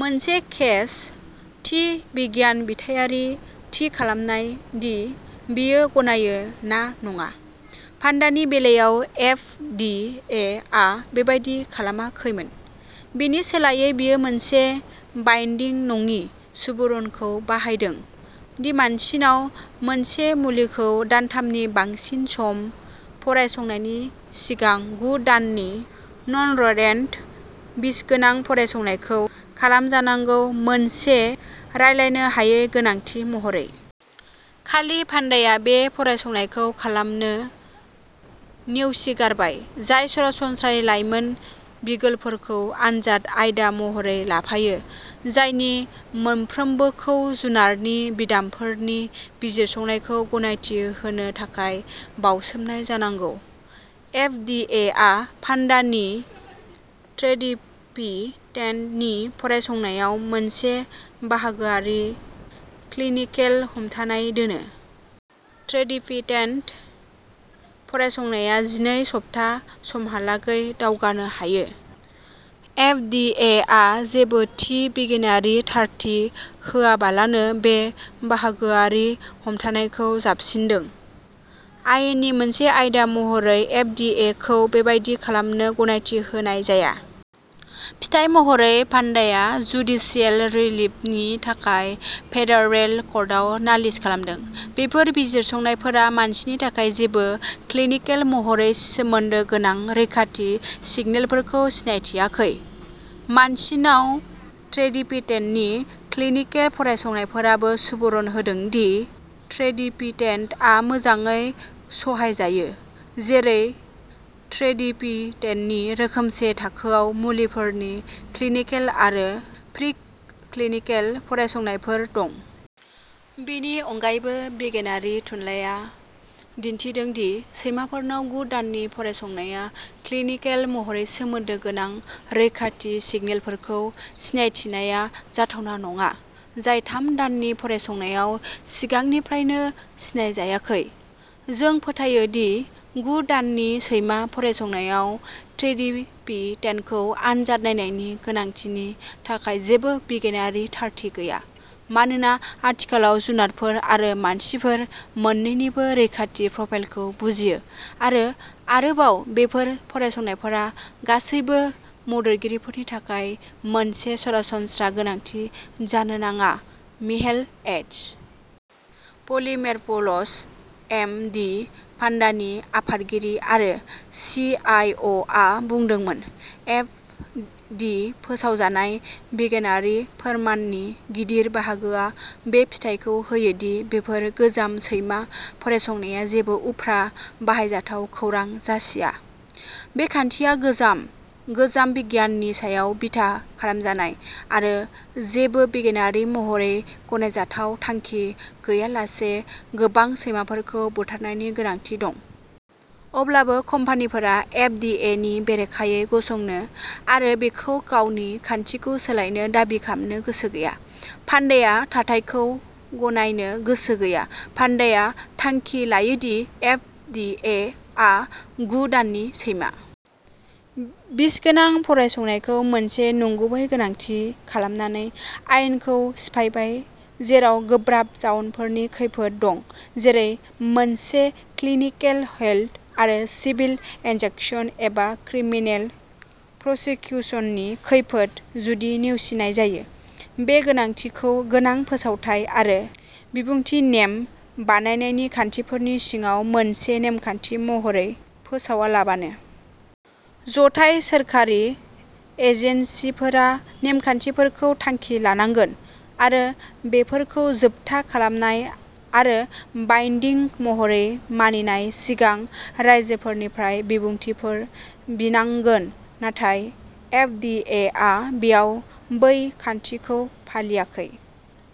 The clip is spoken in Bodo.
मोनसे केस थि बिगियानबिथायारि थि खालामनाय दि बेयो गनायो ना नङा। भान्डानि बेलायाव एफ डि एआ बेबादि खालामाखैमोन। बेनि सोलायै बेयो मोनसे बाइन्दिं नङि सुबुरुनखौ बाहायदों दि मानसिनाव मोनसे मुलिखौ दानथामनि बांसिन सम फरायसंनायनि सिगां गु दाननि नन र'डेन्ट बिसगोनां फरायसंनायखौ खालामजानांगौ मोनसे रायलायनो हायै गोनांथि महरै। खालि भान्डाया बे फरायसंनायखौ खालामनो नेवसिगारबाय, जाय सरासनस्रायै लाइमोन बिगोलफोरखौ आनजाद आयदा महरै लाफायो। जायनि मोनफ्रोमबोखौ जुनारनि बिदामफोरनि बिजिरसंनायखौ गनायथि होनो थाखाय बावसोमनाय जानांगौ। एफ डि एआ भान्डानि ट्रेडिपिटेंटनि फरायसंनायाव मोनसे बाहागोआरि क्लिनिकेल हमथानाय दोनो। ट्रेडिपिटेंट फरायसंनाया जिनै सप्ता समहालागै दावगानो हायो। एफ डि एआ जेबो थि बिगियानारि थारथि होआबालानो बे बाहागोआरि हमथानायखौ जाबसिनदों। आयेननि मोनसे आयदा महरै एफ डि एखौ बेबादि खालामनो गनायथि होनाय जाया। फिथाय महरै भान्डाया जुडिसियेल रिलिफनि थाखाय फेडारेल कर्टआव नालिस खालामदों। बेफोर बिजिरसंनायफोरा मानसिनि थाखाय जेबो क्लिनिकेल महरै सोमोन्दो गोनां रैखाथि सिगनेलफोरखौ सिनायथियाखै। मानसिनाव ट्रेडिपिटेंटनि क्लिनिकेल फरायसंनायफोराबो सुबुरुन होदों दि ट्रेडिपिटेंटआ मोजाङै सहायजायो जेरै ट्रेडिपिटेंटनि रोखोमसे थाखोआव मुलिफोरनि क्लिनिकेल आरो प्रिक्लिनिकेल फरायसंनायफोर दं। बेनि अनगायैबो बिगेनारि थुनलाइया दिन्थिदों दि सैमाफोराव गु दाननि फरायसंनाया क्लिनिकेल महरै सोमोन्दो गोनां, रैखाथि सिगनेलफोरखौ सिनायथिनाया जाथावना नङा। जाय थाम दाननि फरायसंनायाव सिगांनिफ्रायनो सिनायजायाखै। जों फोथायो दि गु दाननि सैमा फरायसंनायाव ट्रेडिपिटेंटखौ आनजाद नायनायनि गोनांथिनि थाखाय जेबो बिगियानारि थारथि गैया। मानोना आथिखालाव जुनारफोर आरो मानसिफोर मोन्नैनिबो रैखाथि प्रफाइलखौ बुजियो आरो आरोबाव, बेफोर फरायसंनायफोरा गासैबो मददगिरिफोरनि थाखाय मोनसे सरासनस्रा गोनांथि जानो नाङा। Mihael H. Polymeropoulos M D भान्डानि आफादगिरि आरो सि आइ अआ बुंदोंमोन। एफ डि फोसावजानाय बिगियानारि फोरमाननि गिदिर बाहागोआ बे फिथाइखौ होयो दि बेफोर गोजाम सैमा फरायसंनाया जेबो उफ्रा बाहायजाथाव खौरां जासिया। बे खान्थिया गोजाम, गोजाम बिगियाननि सायाव बिथा खालामजानाय आरो जेबो बिगेनारि महरै गनायजाथाव थांखि गैयालासे गोबां सैमाफोरखौ बुथारनायनि गोनांथि दं। अब्लाबो कम्पानिफोरा एफ डि एनि बेरेखायै गसंनो आरो बेखौ गावनि खान्थिखौ सोलायनो दाबि खालामनो गोसो गैया। भान्डाया थाथायखौ गनायनो गोसो गैया। भान्डाया थांखि लायो दि एफ डि एआ गु दाननि सैमा बिसगोनां फरायसंनायखौ मोनसे नंगुबै गोनांथि खालामनानै आयेनखौ सिफायबाय। जेराव गोब्राब जाउनफोरनि खैफोद दं जेरै मोनसे क्लिनिकेल हेल्ड आरो सिभिल इनजाक्सन एबा क्रिमिनेल प्रसिकिउसननि खैफोद जुदि नेवसिनाय जायो। बे गोनांथिखौ गोनां फोसावथाइ आरो बिबुंथि नेम बानायनायनि खान्थिफोरनि सिङाव मोनसे नेमखान्थि महरै फोसावालाबानो जथाय सोरखारि एजेन्सिफोरा नेमखान्थिफोरखौ थांखि लानांगोन आरो बेफोरखौ जोबथा खालामनाय आरो बाइन्डिं महरै मानिनाय सिगां राइजोफोरनिफ्राय बिबुंथिफोर बिनांगोन। नाथाय एफ डि एआ बेयाव बै खान्थिखौ फालियाखै।